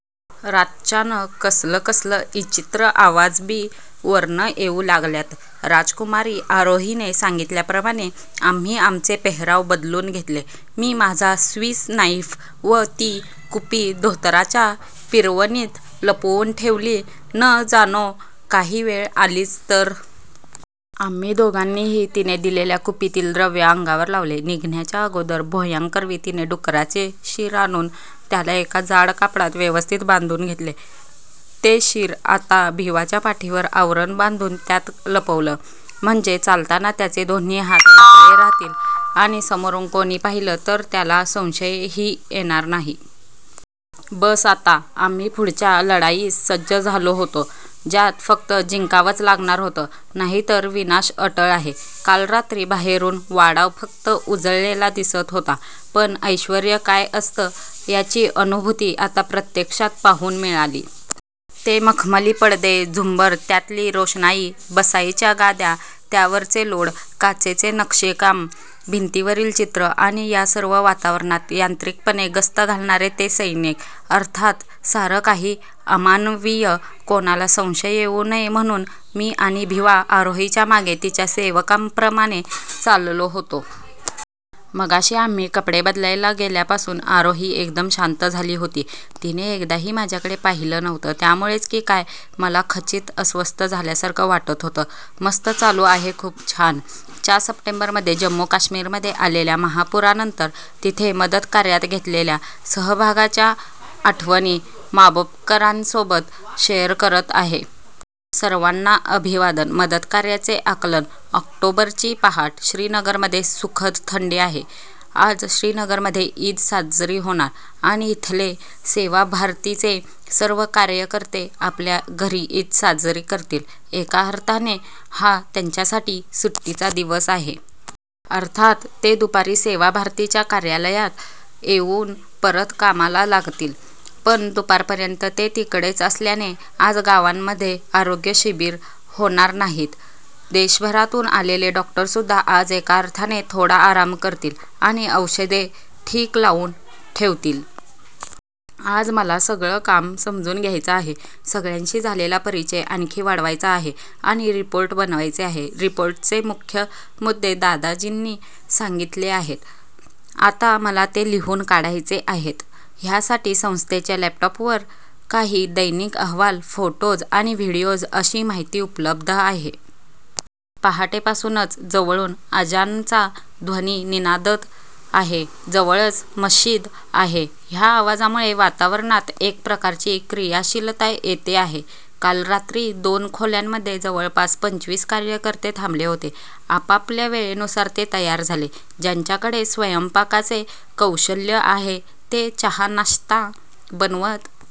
रातच्यान कसल कसल इचित्र आवाज बी वरन येऊ लागल्यात. "राजकुमारी आरोहीने सांगितल्याप्रमाणे आम्ही आमचे पेहराव बदलुन घेतले. मी माझा स्वीस नाईफ व ती कुपी धोतराच्या पिरवणीत लपवुन ठेवली न जानो काही वेळ आलीच तर. आम्ही दोघांनीही तिने दिलेल्या कुपीतील द्रव्य अंगावर लावले. निघण्याच्या अगोदर भोयांकरवी तिने डुकराचे शीर आणुन त्याला एका जाड कापडात व्यवस्थित बांधुन घेतले. ते शीर आता भिवाच्या पाठीवर आवरण बांधुन त्यात लपवल. म्हणजे चालताना त्याचे दोन्ही हात मोकळे राहतील आणि समोरुन कोनी पाहील तर त्याला संशय ही येणार नाही. बस आता आम्ही पुढच्या लढाईस सज्ज झालो होतो ज्यात फक्त जिंकावच लागणार होतं नाहीतर विनाश अटळ आहे. काल रात्री बाहेरुन वाडा फक्त उजळलेला दिसत होता. पण ऐश्वर्य काय असत याची अनुभुती आता प्रत्यक्षात पाहुन मिळाली. ते मखमली पडदे, झुंबर, त्यातली रोशनाई, बसायच्या गाद्या त्यावरचे लोड, काचेच नक्षीकाम, भिंतीवरील चित्र आणि या सर्व वातावरणात यांत्रिकपणे गस्त घालणारे ते सैनिक. अर्थात सार काही अमानवीय. कोणाला संशय येऊ नये म्हणुन मी आणि भिवा आरोहीच्या मागे तिच्या सेवकांप्रमाणे चाललो होतो. मगाशी आम्ही कपडे बदलायला गेल्यापासुन आरोही एकदम शांत झाली होती. तिने एकदाही माझ्याकडे पाहील नव्हतं त्यामुळेच कि काय मला खचित अस्वस्थ झाल्यासारख वाटत होतं. मस्त चालू आहेखुप छान. च्या सप्टेंबरमध्ये जम्मू- कश्मीरमध्ये आलेल्या महापूरानंतर तिथे मदतकार्यात घेतलेल्या सहभागाच्या आठवणी माबोकरांसोबत शेअर करत आहे. सर्वांना अभिवादन! मदतकार्याचे आकलन ऑक्टोबरची पहाट! श्रीनगरमध्ये सुखद थंडी आहे. आज श्रीनगरमध्ये ईद साजरी होणार आणि इथले सेवा भारतीचे सर्व कार्यकर्ते आपल्या घरी ईद साजरी करतील. एका अर्थाने हा त्यांच्यासाठी सुट्टीचा दिवस आहे. अर्थात् ते दुपारी सेवा भारतीच्या कार्यालयात येऊन परत कामाला लागतील. पण दुपारपर्यंत ते तिकडेच असल्याने आज गावांमध्ये आरोग्य शिबिर होणार नाहीत. देशभरातून आलेले डॉक्टरसुद्धा आज एका अर्थाने थोडा आराम करतील आणि औषधे ठीक लावून ठेवतील. आज मला सगळं काम समजून घ्यायचं आहे; सगळ्यांशी झालेला परिचय आणखी वाढवायचा आहे आणि रिपोर्ट बनवायचा आहे. रिपोर्टचे मुख्य मुद्दे दादाजींनी सांगितले आहेत. आता मला ते लिहून काढायचे आहेत. ह्यासाठी संस्थेच्या लॅपटॉपवर काही दैनिक अहवाल, फोटोज आणि व्हिडिओज अशी माहिती उपलब्ध आहे. पहाटेपासूनच जवळून अजानचा ध्वनी निनादत आहे. जवळच मशीद आहे. ह्या आवाजामुळे वातावरणात एक प्रकारची क्रियाशीलता येते आहे. काल रात्री दोन खोल्यांमध्ये जवळपास पंचवीस कार्यकर्ते थांबले होते. आपापल्या वेळेनुसार ते तयार झाले. ज्यांच्याकडे स्वयंपाकाचे कौशल्य आहे, ते चहा- नाश्ता बनवत